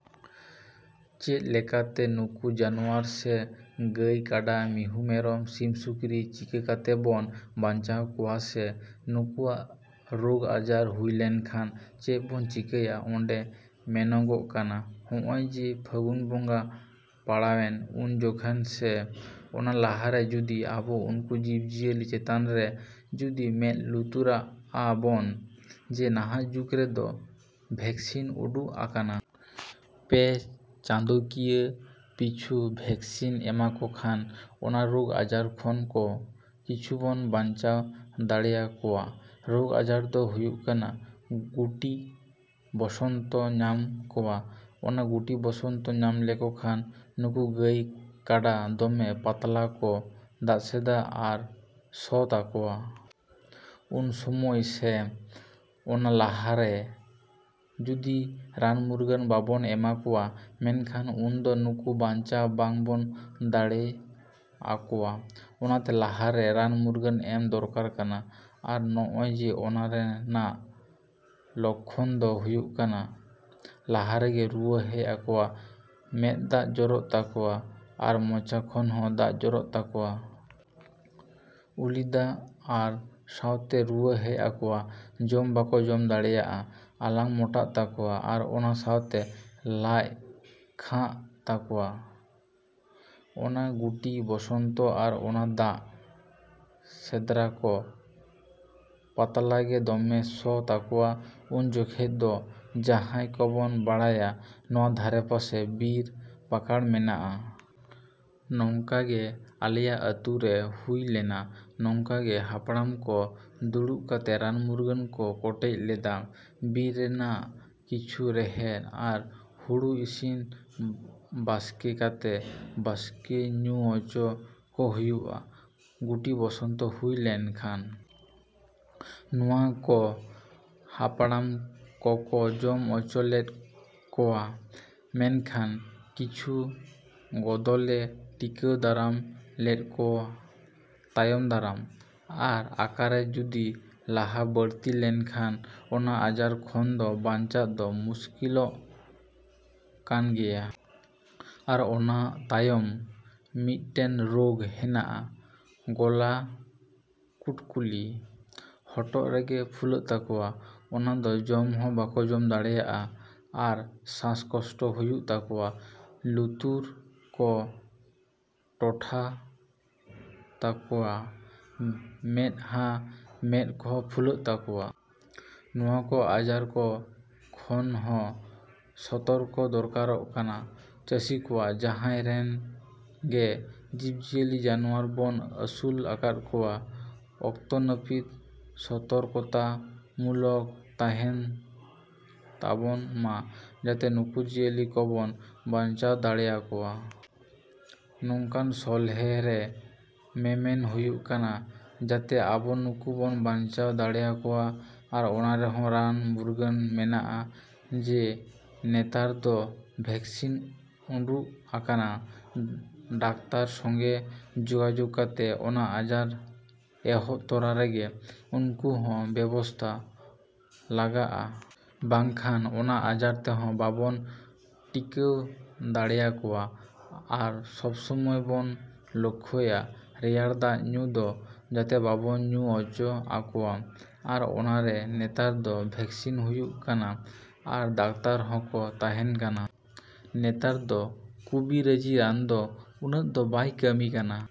ᱪᱮᱫ ᱞᱮᱠᱟᱛᱮ ᱱᱩᱠᱩ ᱡᱟᱱᱣᱟᱨ ᱥᱮ ᱜᱟᱹᱭ, ᱠᱟᱰᱟ, ᱢᱤᱦᱩᱸ, ᱢᱮᱨᱚᱢ, ᱥᱤᱢ, ᱥᱩᱠᱨᱤ ᱪᱤᱠᱟᱹ ᱠᱟᱛᱮ ᱵᱚᱱ ᱵᱟᱧᱪᱟᱣ ᱠᱚᱣᱟ ᱥᱮ ᱱᱩᱠᱩᱣᱟᱜ ᱨᱳᱜᱽ ᱟᱡᱟᱨ ᱦᱩᱭ ᱞᱮᱱᱠᱷᱟᱱ ᱪᱮᱫ ᱵᱚᱱ ᱪᱤᱠᱟᱹᱭᱟ? ᱚᱸᱰᱮ ᱢᱮᱱᱚᱜᱚᱜ ᱠᱟᱱᱟ, ᱦᱚᱸᱜᱼᱚᱭ ᱡᱮ ᱯᱷᱟᱹᱜᱩᱱ ᱵᱚᱸᱜᱟ ᱯᱟᱲᱟᱣᱮᱱᱟ ᱩᱱ ᱡᱚᱠᱷᱟᱱ ᱥᱮ ᱚᱱᱟ ᱞᱟᱦᱟ ᱨᱮ ᱡᱩᱫᱤ ᱟᱵᱚ ᱩᱱᱠᱩ ᱡᱤᱵᱽᱼᱡᱤᱭᱟᱹᱞᱤ ᱪᱮᱛᱟᱱ ᱨᱮ ᱡᱩᱫᱤ ᱢᱮᱸᱫ ᱞᱩᱛᱩᱨᱟᱜᱼᱟ ᱵᱚᱱ ᱡᱮ ᱱᱟᱦᱟᱜ ᱡᱩᱜᱽ ᱨᱮᱫᱚ ᱵᱷᱮᱠᱥᱤᱱ ᱩᱰᱩᱜ ᱟᱠᱟᱱᱟ᱾ ᱯᱮ ᱪᱟᱸᱫᱳᱠᱤᱭᱟᱹ ᱯᱤᱪᱷᱩ ᱵᱷᱮᱠᱥᱤᱱ ᱮᱢᱟᱠᱚ ᱠᱷᱟᱱ ᱚᱱᱟ ᱨᱳᱜᱽ ᱟᱡᱟᱨ ᱠᱷᱚᱱ ᱠᱚ ᱠᱤᱪᱷᱩ ᱵᱚᱱ ᱵᱟᱧᱪᱟᱣ ᱫᱟᱲᱮᱭᱟᱠᱚᱭᱟ᱾ ᱨᱳᱜᱽ ᱟᱡᱟᱨ ᱫᱚ ᱦᱩᱭᱩᱜ ᱠᱟᱱᱟ ᱜᱩᱴᱤ ᱵᱚᱥᱚᱱᱛᱚ ᱧᱟᱢ ᱠᱚᱣᱟ᱾ ᱚᱱᱟ ᱜᱩᱴᱤ ᱵᱚᱥᱚᱱᱛᱚ ᱧᱟᱢ ᱞᱮᱠᱚ ᱠᱷᱟᱱ, ᱱᱩᱠᱩ ᱜᱟᱹᱭ, ᱠᱟᱰᱟ ᱫᱚᱢᱮ ᱯᱟᱛᱞᱟ ᱠᱚ ᱫᱟᱜᱥᱮᱫᱟ ᱟᱨ ᱥᱚ ᱛᱟᱠᱚᱣᱟ᱾ ᱩᱱ ᱥᱚᱢᱚᱭ ᱥᱮ, ᱚᱱᱟ ᱞᱟᱦᱟ ᱨᱮ ᱡᱩᱫᱤ ᱨᱟᱱᱼᱢᱩᱨᱜᱟᱹᱱ ᱵᱟᱵᱚᱱ ᱮᱢᱟ ᱠᱚᱣᱟ ᱢᱮᱱᱠᱷᱟᱱ ᱩᱱ ᱫᱚ ᱱᱩᱠᱩ ᱵᱟᱧᱪᱟᱣ ᱵᱟᱝ ᱵᱚᱱ ᱫᱟᱲᱮᱭᱟᱠᱚᱭᱟ᱾ᱚᱱᱟᱛᱮ ᱞᱟᱦᱟ ᱨᱮ ᱨᱟᱱᱼᱢᱩᱨᱜᱟᱹᱱ ᱮᱢ ᱫᱚᱨᱠᱟᱨ ᱠᱟᱱᱟ᱾ ᱟᱨ ᱱᱚᱜᱼᱚᱭ ᱡᱮ ᱚᱱᱟ ᱨᱮᱱᱟᱜ ᱞᱳᱠᱠᱷᱚᱱ ᱫᱚ ᱦᱩᱭᱩᱜ ᱠᱟᱱᱟ ᱞᱟᱦᱟ ᱨᱮᱜᱮ ᱨᱩᱣᱟᱹ ᱦᱮᱡ ᱟᱠᱚᱣᱟ, ᱢᱮᱸᱫ ᱫᱟᱜ ᱡᱚᱨᱚᱜ ᱛᱟᱠᱚᱣᱟ, ᱟᱨ ᱢᱚᱪᱟ ᱠᱷᱚᱱ ᱦᱚᱸ ᱫᱟᱜ ᱡᱚᱨᱚᱜ ᱛᱟᱠᱚᱣᱟ᱾ ᱩᱞᱤᱫᱟᱜ ᱟᱨ ᱥᱟᱸᱶᱛᱮ ᱨᱩᱣᱟᱹ ᱦᱮᱡ ᱟᱠᱚᱣᱟ᱾ ᱡᱚᱢ ᱵᱟᱠᱚ ᱡᱚᱢ ᱫᱟᱲᱮᱭᱟᱜᱼᱟ, ᱟᱞᱟᱝ ᱢᱚᱴᱟᱜ ᱛᱟᱠᱚᱣᱟ ᱟᱨ ᱚᱱᱟ ᱥᱟᱶᱛᱮ ᱞᱟᱡ ᱜᱷᱟᱜ ᱛᱟᱠᱚᱣᱟ᱾ ᱚᱱᱟ ᱜᱩᱴᱤ ᱵᱚᱥᱚᱱᱛᱚ ᱟᱨ ᱚᱱᱟ ᱫᱟᱜ ᱥᱮᱫᱽᱟᱠᱚ ᱯᱟᱛᱞᱟ ᱜᱮ ᱫᱚᱢᱮ ᱥᱚ ᱛᱟᱠᱚᱣᱟ᱾ ᱩᱱ ᱡᱚᱠᱷᱟᱡ ᱫᱚ ,ᱡᱟᱦᱟᱸᱭ ᱠᱚᱵᱚᱱ ᱵᱟᱲᱟᱭᱟ ᱱᱚᱣᱟ ᱫᱷᱟᱨᱮ ᱯᱟᱥᱮ ᱵᱤᱨ ᱯᱟᱠᱟᱲ ᱢᱮᱱᱟᱜᱼᱟ᱾ ᱱᱚᱝᱠᱟ ᱜᱮ ᱟᱞᱮᱭᱟᱜ ᱟᱹᱛᱩ ᱨᱮ ᱦᱩᱭ ᱞᱮᱱᱟ᱾ ᱱᱚᱝᱠᱟ ᱜᱮ ᱦᱟᱯᱲᱟᱢ ᱠᱚ ᱫᱩᱲᱩᱵ ᱠᱟᱛᱮ ᱨᱟᱱᱼᱢᱩᱨᱜᱟᱹᱱ ᱠᱚ ᱠᱚᱴᱮᱡ ᱞᱮᱫᱟ᱾ ᱵᱤᱨ ᱨᱮᱱᱟᱜ ᱠᱤᱪᱷᱩ ᱨᱮᱦᱮᱫᱽ ᱟᱨ ᱦᱩᱲᱩ ᱤᱥᱤᱱ ᱵᱟᱥᱠᱮ ᱠᱟᱛᱮ, ᱵᱟᱥᱠᱮ ᱧᱩ ᱦᱚᱪᱚ ᱠᱚ ᱦᱩᱭᱩᱜᱼᱟ, ᱜᱩᱴᱤ ᱵᱚᱥᱚᱱᱛᱚ ᱦᱩᱭ ᱞᱮᱱᱠᱷᱟᱱ᱾ ᱱᱚᱣᱟ ᱠᱚ ᱦᱟᱯᱲᱟᱢ ᱠᱚ ᱠᱚ ᱡᱚᱢ ᱦᱚᱪᱚ ᱞᱮᱫ ᱠᱟᱣᱟ᱾ ᱢᱮᱱᱠᱷᱟᱱ ᱠᱤᱪᱷᱩ ᱠᱚᱫᱚᱞᱮ ᱴᱤᱠᱟᱹᱣ ᱫᱟᱨᱟᱢ ᱞᱮᱫ ᱠᱚᱣᱟ ᱛᱟᱭᱚᱢ ᱫᱟᱨᱟᱢ᱾ ᱟᱨ ᱟᱠᱟᱨᱮ ᱡᱩᱫᱤ ᱞᱟᱦᱟ ᱵᱟᱹᱲᱛᱤ ᱞᱮᱱᱠᱷᱟᱱ ᱚᱱᱟ ᱟᱡᱟᱨ ᱠᱷᱚᱱ ᱫᱚ ᱵᱟᱧᱪᱟᱜ ᱫᱚ ᱢᱩᱥᱠᱤᱞ ᱞᱚᱜ ᱠᱟᱱ ᱜᱮᱭᱟ᱾ ᱟᱨ ᱚᱱᱟ ᱛᱟᱭᱚᱢ ᱢᱤᱫᱴᱮᱱ ᱨᱳᱜᱽ ᱦᱮᱱᱟᱜᱼᱟ ᱜᱚᱞᱟ ᱠᱩᱴᱠᱩᱞᱤ᱾ ᱦᱚᱴᱚᱜ ᱨᱮᱜᱮ ᱯᱷᱩᱞᱟᱹᱜ ᱛᱟᱠᱚᱣᱟ᱾ ᱚᱱᱟ ᱫᱚ ᱡᱚᱢ ᱦᱚᱸ ᱵᱟᱠᱚ ᱡᱚᱢ ᱫᱟᱲᱮᱭᱟᱜᱼᱟ ᱟᱨ ᱥᱟᱥ ᱠᱚᱥᱴᱚ ᱦᱩᱭᱩᱜ ᱛᱟᱠᱚᱣᱟ᱾ ᱞᱩᱛᱩᱨ ᱠᱚ ᱴᱚᱴᱷᱟ ᱛᱟᱠᱚᱭᱟ ᱢᱮᱸᱫᱼᱦᱟᱸ, ᱢᱮᱸᱫ ᱠᱚᱦᱚᱸ ᱯᱷᱩᱞᱟᱹᱜ ᱛᱟᱠᱚᱣᱟ᱾ ᱱᱚᱣᱟ ᱠᱚ ᱟᱡᱟᱨ ᱠᱚ ᱠᱷᱚᱱ ᱦᱚᱸ ᱥᱚᱛᱚᱨᱠᱚ ᱫᱚᱨᱠᱟᱨᱚᱜ ᱠᱟᱱᱟ ᱪᱟᱹᱥᱤ ᱠᱚᱣᱟᱜ᱾ ᱡᱟᱦᱟᱸᱭ ᱨᱮᱱ ᱜᱮ ᱡᱤᱵᱽᱼᱡᱤᱭᱟᱹᱞᱤ ᱡᱟᱱᱣᱟᱨ ᱵᱚᱱ ᱟᱹᱥᱩᱞ ᱟᱠᱟᱫ ᱠᱚᱣᱟ ᱚᱠᱛᱚ ᱱᱟᱹᱯᱤᱛ ᱥᱚᱛᱚᱨᱠᱚᱛᱟ ᱢᱩᱞᱚᱠ ᱛᱟᱦᱮᱱ ᱛᱟᱵᱚᱱ ᱢᱟ, ᱡᱟᱛᱮ ᱱᱩᱠᱩ ᱡᱤᱭᱟᱹᱞᱤ ᱠᱚᱵᱚᱱ ᱵᱟᱧᱪᱟᱣ ᱫᱟᱲᱮᱭᱟᱠᱚᱣᱟ᱾ ᱱᱚᱝᱠᱟᱱ ᱥᱚᱞᱦᱮ ᱨᱮ ᱢᱮᱢᱮᱱ ᱦᱩᱭᱩᱜ ᱠᱟᱱᱟ, ᱡᱟᱛᱮ ᱟᱵᱚ ᱱᱩᱠᱩ ᱵᱚᱱ ᱵᱟᱧᱪᱟᱣ ᱫᱟᱲᱮᱭᱟᱠᱚᱣᱟ᱾ ᱟᱨ ᱚᱱᱟ ᱨᱮᱦᱚᱸ ᱨᱟᱱ ᱢᱩᱨᱜᱟᱹᱱ ᱢᱮᱱᱟᱜᱼᱟ, ᱡᱮ ᱱᱮᱛᱟᱨ ᱫᱚ ᱵᱷᱮᱠᱥᱤᱱ ᱩᱰᱩᱠᱟᱠᱟᱱᱟ, ᱰᱟᱠᱛᱟᱨ ᱥᱚᱸᱜᱮ ᱡᱳᱜᱟᱡᱳᱜᱽ ᱠᱟᱛᱮ ᱚᱱᱟ ᱟᱡᱟᱨ ᱮᱦᱚᱵ ᱛᱚᱨᱟ ᱨᱮᱜᱮ ᱩᱱᱠᱩ ᱦᱚᱸ ᱵᱮᱵᱚᱥᱛᱟ ᱞᱟᱜᱟᱜᱼᱟ᱾ ᱵᱟᱝᱠᱷᱟᱱ ᱚᱱᱟ ᱟᱡᱟᱨ ᱛᱮᱦᱚᱸ ᱵᱟᱵᱚᱱ ᱴᱤᱠᱟᱹᱣ ᱫᱟᱲᱮᱭᱟᱠᱚᱣᱟ᱾ ᱟᱨ ᱥᱚᱵ ᱥᱚᱢᱚᱭ ᱵᱚᱱ ᱞᱚᱠᱠᱷᱚᱭᱟ ᱨᱮᱭᱟᱲ ᱫᱟᱜ ᱧᱩ ᱫᱚ, ᱡᱟᱛᱮ ᱵᱟᱵᱚᱱ ᱧᱩ ᱦᱚᱪᱚ ᱟᱠᱚᱭᱟ᱾ ᱟᱨ ᱚᱱᱟ ᱨᱮ ᱱᱮᱛᱟᱨ ᱫᱚ ᱵᱷᱮᱠᱥᱤᱱ ᱦᱩᱭᱩᱜ ᱠᱟᱱᱟ᱾ ᱟᱨ ᱫᱟᱠᱛᱟᱨ ᱦᱚᱠᱚ ᱛᱟᱦᱮᱸᱱ ᱠᱟᱱᱟ᱾ ᱱᱮᱛᱟᱨ ᱫᱚ ᱠᱩᱵᱤᱨᱟᱹᱡᱤ ᱨᱟᱱ ᱫᱚ ᱩᱱᱟᱹᱜ ᱫᱚ ᱵᱟᱭ ᱠᱟᱹᱢᱤ ᱠᱟᱱᱟ ᱾